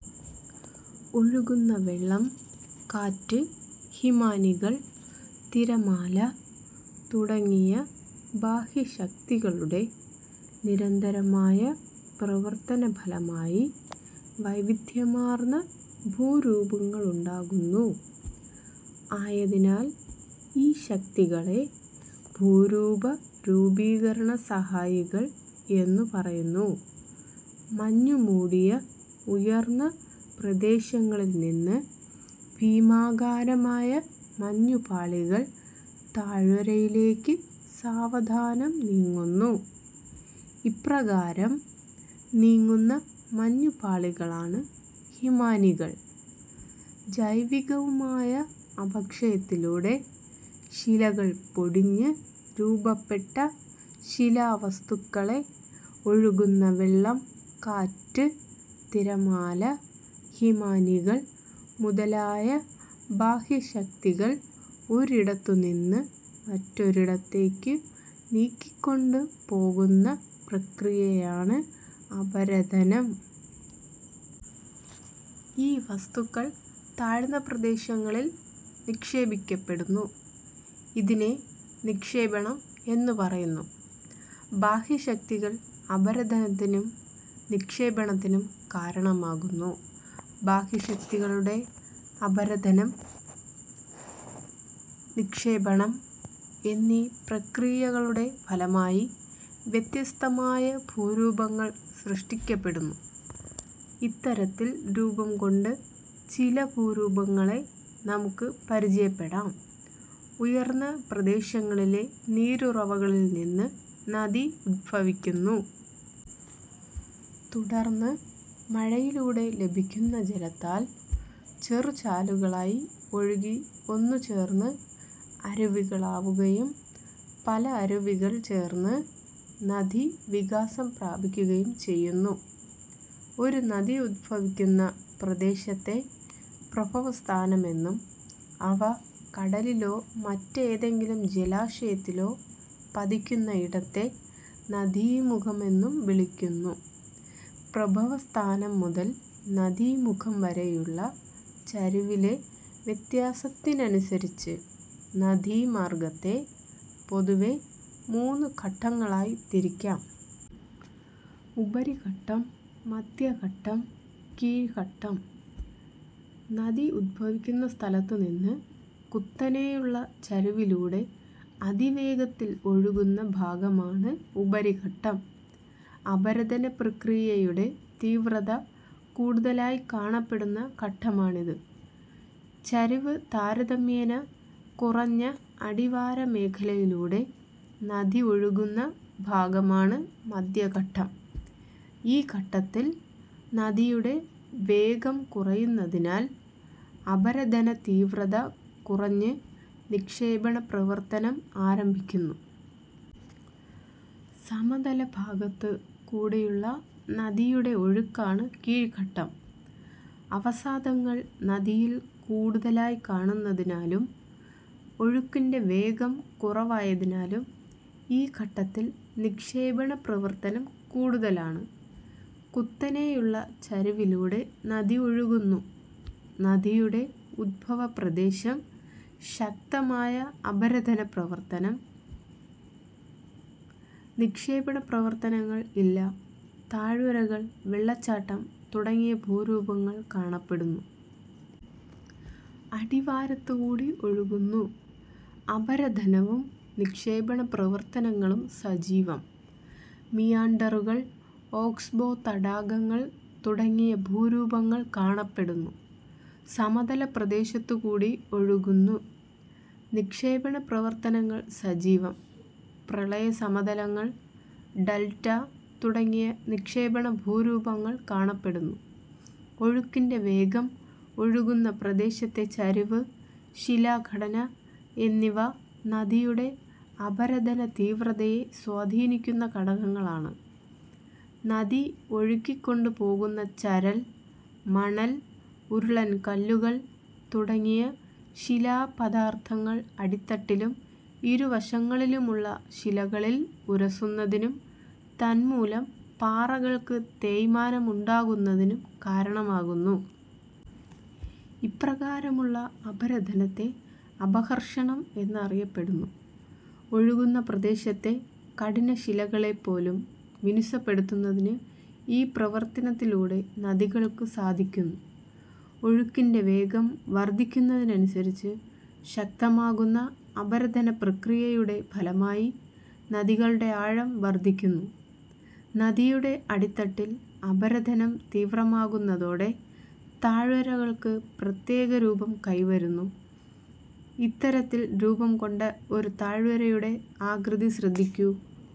ഒഴുകുന്ന വെള്ളം, കാറ്റ്, ഹിമാനികൾ, തിരമാല തുടങ്ങിയ ബാഹ്യശക്തികളുടെ നിരന്തരമായ പ്രവർത്തനഫലമായി വൈവിധ്യമാർന്ന ഭൂരൂപങ്ങളുണ്ടാകുന്നു. ആയതിനാൽ ഈ ശക്തികളെ ഭൂരൂപരൂപീക രണസഹായികൾ എന്നു പറയുന്നു. മഞ്ഞുമൂടിയ ഉയർന്ന പ്രദേശങ്ങളിൽനിന്ന് ഭീമാകാരമായ മഞ്ഞുപാളികൾ താഴ്വരയിലേക്ക് സാവധാനം നീങ്ങുന്നു. ഇപ്രകാരം നീങ്ങുന്ന മഞ്ഞു പാളികളാണ് ഹിമാനികൾ. ജൈവികവുമായ അപക്ഷയത്തിലൂടെ ശിലകൾ പൊടിഞ്ഞ് രൂപപ്പെട്ട ശിലാവസ്തുക്കളെ ഒഴുകുന്ന വെള്ളം, കാറ്റ്, തിരമാല, ഹിമാനികൾ മുതലായ ബാഹ്യശക്തികൾ ഒരിടത്തുനിന്ന് മറ്റൊരിടത്തേക്കു നീക്കിക്കൊണ്ടു പോകുന്ന പ്രക്രിയയാണ് അപരദനം. ഈ വസ്തുക്കൾ താഴ്ന്ന പ്രദേശങ്ങളിൽ നിക്ഷേപിക്കപ്പെടുന്നു. ഇതിനെ നിക്ഷേപണം എന്ന് പറയുന്നു. ബാഹ്യശക്തികൾ അപരദനത്തിനും നിക്ഷേപണത്തിനും കാരണമാകുന്നു. ബാഹ്യശക്തികളുടെ അപരദനം, നിക്ഷേപണം എന്നീ പ്രക്രിയകളുടെ ഫലമായി വ്യത്യസ്തമായ ഭൂരൂപങ്ങൾ സൃഷ്ടിക്കപ്പെടുന്നു. ഇത്തരത്തിൽ രൂപം കൊണ്ട് ചില ഭൂരൂപങ്ങളെ നമുക്ക് പരിചയപ്പെടാം. ഉയർന്ന പ്രദേശങ്ങളിലെ നീരുറവകളിൽനിന്ന് നദി ഉദ്ഭവിക്കുന്നു. തുടർന്ന് മഴയിലൂടെ ലഭിക്കുന്ന ജലത്താൽ ചെറുചാലുകളായി ഒഴുകി ഒന്നുചേർന്ന് അരുവികളാവുകയും പല അരുവികൾ ചേർന്ന് നദി വികാസം പ്രാപിക്കുകയും ചെയ്യുന്നു. ഒരു നദി ഉദ്ഭവിക്കുന്ന പ്രദേശത്തെ പ്രഭവസ്ഥാനമെന്നും അവ കടലിലോ മറ്റേതെങ്കിലും ജലാശയത്തിലോ പതിക്കുന്ന ഇടത്തെ നദീമുഖമെന്നും വിളിക്കുന്നു. പ്രഭവസ്ഥാനം മുതൽ നദീമുഖം വരെയുള്ള ചരിവിലെ വ്യത്യാസത്തിനനുസരിച്ച് നദീമാർഗത്തെ പൊതുവെ മൂന്നു ഘട്ടങ്ങളായി തിരിക്കാം. ഉപരിഘട്ടം. മധ്യഘട്ടം, കീഴ്ഘട്ടം. നദി ഉദ്ഭവിക്കുന്ന സ്ഥലത്തുനിന്ന് കുത്തനെയുള്ള ചരിവിലൂടെ അതിവേഗത്തിൽ ഒഴുകുന്ന ഭാഗമാണ് ഉപരിഘട്ടം. അപരദന പ്രക്രിയയുടെ തീവ്രത കൂടുതലായി കാണപ്പെടുന്ന ഘട്ടമാണിത്. ചരിവ് താരതമ്യേന കുറഞ്ഞ അടിവാര മേഖലയിലൂടെ നദി ഒഴുകുന്ന ഭാഗമാണ് മധ്യഘട്ടം. ഈ ഘട്ടത്തിൽ നദിയുടെ വേഗം കുറയുന്നതിനാൽ അപരദനതീവ്രത കുറഞ്ഞ് നിക്ഷേപണപ്രവർത്തനം ആരംഭിക്കുന്നു. സമതലഭാഗത്തു കൂടിയുള്ള നദിയുടെ ഒഴുക്കാണ് കീഴ്ഘട്ടം. അവസാദങ്ങൾ നദിയിൽ കൂടുതലായി കാണുന്നതിനാലും ഒഴുക്കിന്റെ വേഗം കുറവായതിനാലും ഈ ഘട്ടത്തിൽ നിക്ഷേപണ പ്രവർത്തനം കൂടുതലാണ്. കുത്തനെയുള്ള ചരിവിലൂടെ നദി ഒഴുകുന്നു. നദിയുടെ ഉദ്ഭവ പ്രദേശം. ശക്തമായ അപരദന പ്രവർത്തനം. നിക്ഷേപണപ്രവർത്തനങ്ങൾ ഇല്ല. താഴ്വരകൾ, വെള്ളച്ചാട്ടം തുടങ്ങിയ ഭൂരൂപങ്ങൾ കാണപ്പെടുന്നു. അടിവാരത്തുകൂടി ഒഴുകുന്നു. അപരദനവും നിക്ഷേപണപ്രവർത്തനങ്ങളും സജീവം. മിയാൻഡറുകൾ, ഓക്സ്ബോ തടാകങ്ങൾ തുടങ്ങിയ ഭൂരൂപങ്ങൾ കാണപ്പെടുന്നു. സമതലപ്രദേശത്തുകൂടി ഒഴുകുന്നു. നിക്ഷേപണപ്രവർത്തനങ്ങൾ സജീവം. പ്രളയ സമതലങ്ങൾ, ഡൽറ്റ തുടങ്ങിയ നിക്ഷേപണഭൂരൂപങ്ങൾ കാണപ്പെടുന്നു. ഒഴുക്കിന്റെ വേഗം, ഒഴുകുന്ന പ്രദേശത്തെ ചരിവ്, ശിലാഘടന എന്നിവ നദിയുടെ അപരദനതീവ്രതയെ സ്വാധീനിക്കുന്ന ഘടകങ്ങളാണ്. നദി ഒഴുക്കിക്കൊണ്ടുപോകുന്ന ചരൽ, മണൽ, ഉരുളൻകല്ലുകൾ തുടങ്ങിയ ശിലാപദാർഥങ്ങൾ അടിത്തട്ടിലും ഇരുവശങ്ങളിലുമുള്ള ശിലകളിൽ ഉരസുന്നതിനും തന്മൂലം പാറകൾക്ക് തേയ്മാനം ഉണ്ടാകുന്നതിനും കാരണമാകുന്നു. ഇപ്രകാരമുള്ള അപരദനത്തെ അപഘർഷണം എന്നറിയപ്പെടുന്നു. ഒഴുകുന്ന പ്രദേശത്തെ കഠിനശിലകളെപ്പോലും മിനുസപ്പെടുത്തുന്നതിന് ഈ പ്രവർത്തനത്തിലൂടെ നദികൾക്ക് സാധിക്കുന്നു. ഒഴുക്കിന്റെ വേഗം വർധിക്കുന്നതിനനുസരിച്ച് ശക്തമാകുന്ന അപരദനപ്രക്രിയയുടെ ഫലമായി നദികളുടെ ആഴം വർധിക്കുന്നു. നദിയുടെ അടിത്തട്ടിൽ അപരദനം തീവ്രമാകുന്നതോടെ താഴ്വരകൾക്ക് പ്രത്യേക രൂപം കൈവരുന്നു. ഇത്തരത്തിൽ രൂപംകൊണ്ട ഒരു താഴ്വരയുടെ ആകൃതി ശ്രദ്ധിക്കൂ.